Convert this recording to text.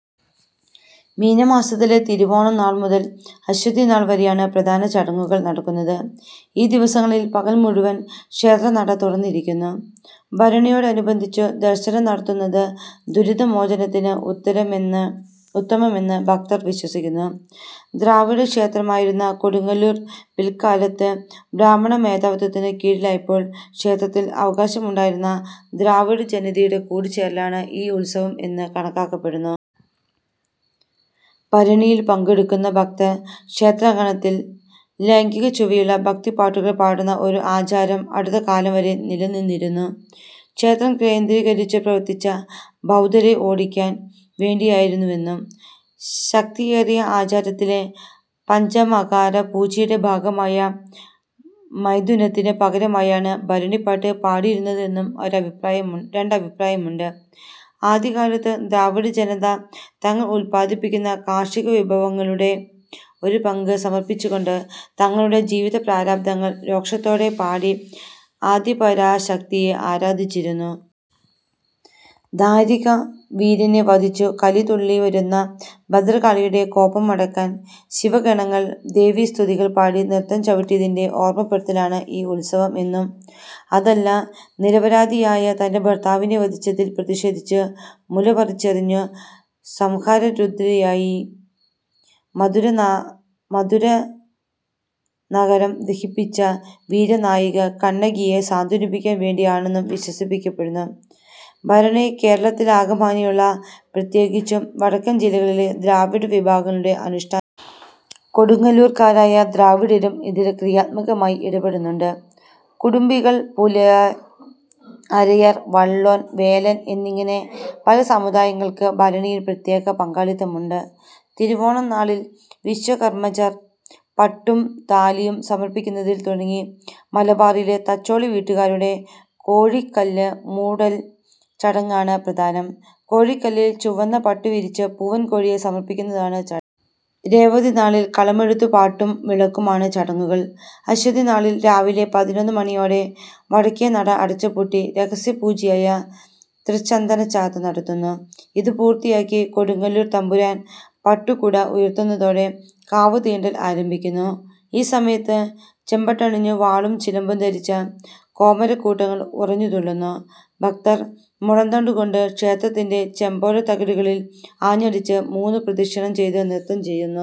മീനമാസത്തിലെ തിരുവോണം നാൾ മുതൽ അശ്വതി നാൾ വരെയാണ് പ്രധാന ചടങ്ങുകൾ നടക്കുന്നത്. ഈ ദിവസങ്ങളിൽ പകൽ മുഴുവൻ ക്ഷേത്രനട തുറന്നിരിക്കുന്നു. ഭരണിയോടനുബന്ധിച്ചു ദർശനം നടത്തുന്നത് ദുരിതമോചനത്തിന് ഉത്തമമെന്ന് ഭക്തർ വിശ്വസിക്കുന്നു. ദ്രാവിഡ ക്ഷേത്രമായിരുന്ന കൊടുങ്ങല്ലൂർ പിൽക്കാലത്ത് ബ്രാഹ്മണ മേധാവിത്വത്തിന് കീഴിലായപ്പോൾ ക്ഷേത്രത്തിൽ അവകാശമുണ്ടായിരുന്ന ദ്രാവിഡ ജനതയുടെ കൂടിച്ചേരലാണ് ഈ ഉത്സവം എന്ന് കണക്കാക്കപ്പെടുന്നു. ഭരണിയിൽ പങ്കെടുക്കുന്ന ഭക്തർ ക്ഷേത്രാങ്കണത്തിൽ ലൈംഗികച്ചുവയുള്ള ഭക്തിപ്പാട്ടുകൾ പാടുന്ന ഒരു ആചാരം അടുത്തകാലം വരെ നിലനിന്നിരുന്നു. ക്ഷേത്രം കേന്ദ്രീകരിച്ചു പ്രവർത്തിച്ച ബൗദ്ധരെ ഓടിക്കാൻ വേണ്ടിയായിരുന്നുവെന്നും; ശാക്തേയ ആചാരത്തിലെ പഞ്ചമകാരപൂജയുടെ ഭാഗമായ മൈഥുനത്തിന് പകരമായാണ് ഭരണിപാട്ട് പാടിയിരുന്നതെന്നും രണ്ടഭിപ്രായമുണ്ട്. ആദ്യകാലത്തു ദ്രാവിഡജനത തങ്ങൾ ഉത്പാദിപ്പിക്കുന്ന കാർഷിക വിഭവങ്ങളുടെ ഒരു പങ്ക് സമർപ്പിച്ചുകൊണ്ട് തങ്ങളുടെ ജീവിത പ്രാരാബ്ധങ്ങൾ രോഷത്തോടെ പാടി ആദിപരാശക്തിയെ ആരാധിച്ചിരുന്നു. ദാരികവീരനെ വധിച്ചു കലിതുള്ളി വരുന്ന ഭദ്രകാളിയുടെ കോപമടക്കാൻ ശിവഗണങ്ങൾ ദേവീസ്തുതികൾ പാടി നൃത്തം ചവിട്ടിയതിന്റെ ഓർമപ്പെടുത്തലാണ് ഈ ഉത്സവം എന്നും; അതല്ല നിരപരാധിയായ തന്റെ ഭർത്താവിനെ വധിച്ചതിൽ പ്രതിഷേധിച്ചു മുലപറിച്ചെറിഞ്ഞു സംഹാരരുദ്രയായി മധുരാനഗരം ദഹിപ്പിച്ച വീരനായിക കണ്ണകിയെ സാന്ത്വനിപ്പിക്കാൻ വേണ്ടി ആണെന്നും വിശ്വസിക്കപ്പെടുന്നു. ഭരണി കേരളത്തിലാകമാനമുള്ള, പ്രത്യേകിച്ചും വടക്കൻ ജില്ലകളിലെ ദ്രാവിഡ വിഭാഗങ്ങളുടെ അനുഷ്ഠാനമാണ്. കൊടുങ്ങല്ലൂർക്കാരായ ദ്രാവിഡരും ഇതിൽ ക്രിയാത്മകമായി ഇടപെടുന്നുണ്ട്. കുടുംബികൾ, പുലയർ, അരയർ, വള്ളോൻ, വേലൻ എന്നിങ്ങനെ പല സമുദായങ്ങൾക്ക് ഭരണിയിൽ പ്രത്യേക പങ്കാളിത്തമുണ്ട്. തിരുവോണം നാളിൽ വിശ്വകർമ്മജർ പട്ടും താലിയും സമർപ്പിക്കുന്നതിൽ തുടങ്ങി മലബാറിലെ തച്ചോളി വീട്ടുകാരുടെ "കോഴിക്കല്ല് മൂടൽ" ചടങ്ങാണ് പ്രധാനം. കോഴിക്കല്ലിൽ ചുവന്ന പട്ടു വിരിച്ചു പൂവൻകോഴിയെ സമർപ്പിക്കുന്നതാണ് ചടങ്ങ്. രേവതി നാളിൽ കളമെഴുത്തു പാട്ടും വിളക്കും ആണ് ചടങ്ങുകൾ. അശ്വതി നാളിൽ രാവിലെ പതിനൊന്ന് മണിയോടെ വടക്കേനട അടച്ചുപൂട്ടി രഹസ്യപൂജയായ "തൃച്ചന്ദനചാർത്ത്" നടത്തുന്നു. ഇത് പൂർത്തിയാക്കി കൊടുങ്ങല്ലൂർ തമ്പുരാൻ പട്ടുകുട ഉയർത്തുന്നതോടെ "കാവ് തീണ്ടൽ" ആരംഭിക്കുന്നു. ഈ സമയത്ത് ചെമ്പട്ടണിഞ്ഞു വാളും ചിലമ്പും ധരിച്ച കോമരക്കൂട്ടങ്ങൾ ഉറഞ്ഞു തുള്ളുന്നു; ഭക്തർ മുളന്തണ്ടു കൊണ്ട് ക്ഷേത്രത്തിന്റെ ചെമ്പോല തകിടുകളിൽ ആഞ്ഞടിച്ചു മൂന്ന് പ്രദക്ഷിണം ചെയ്തു നൃത്തം ചെയ്യുന്നു.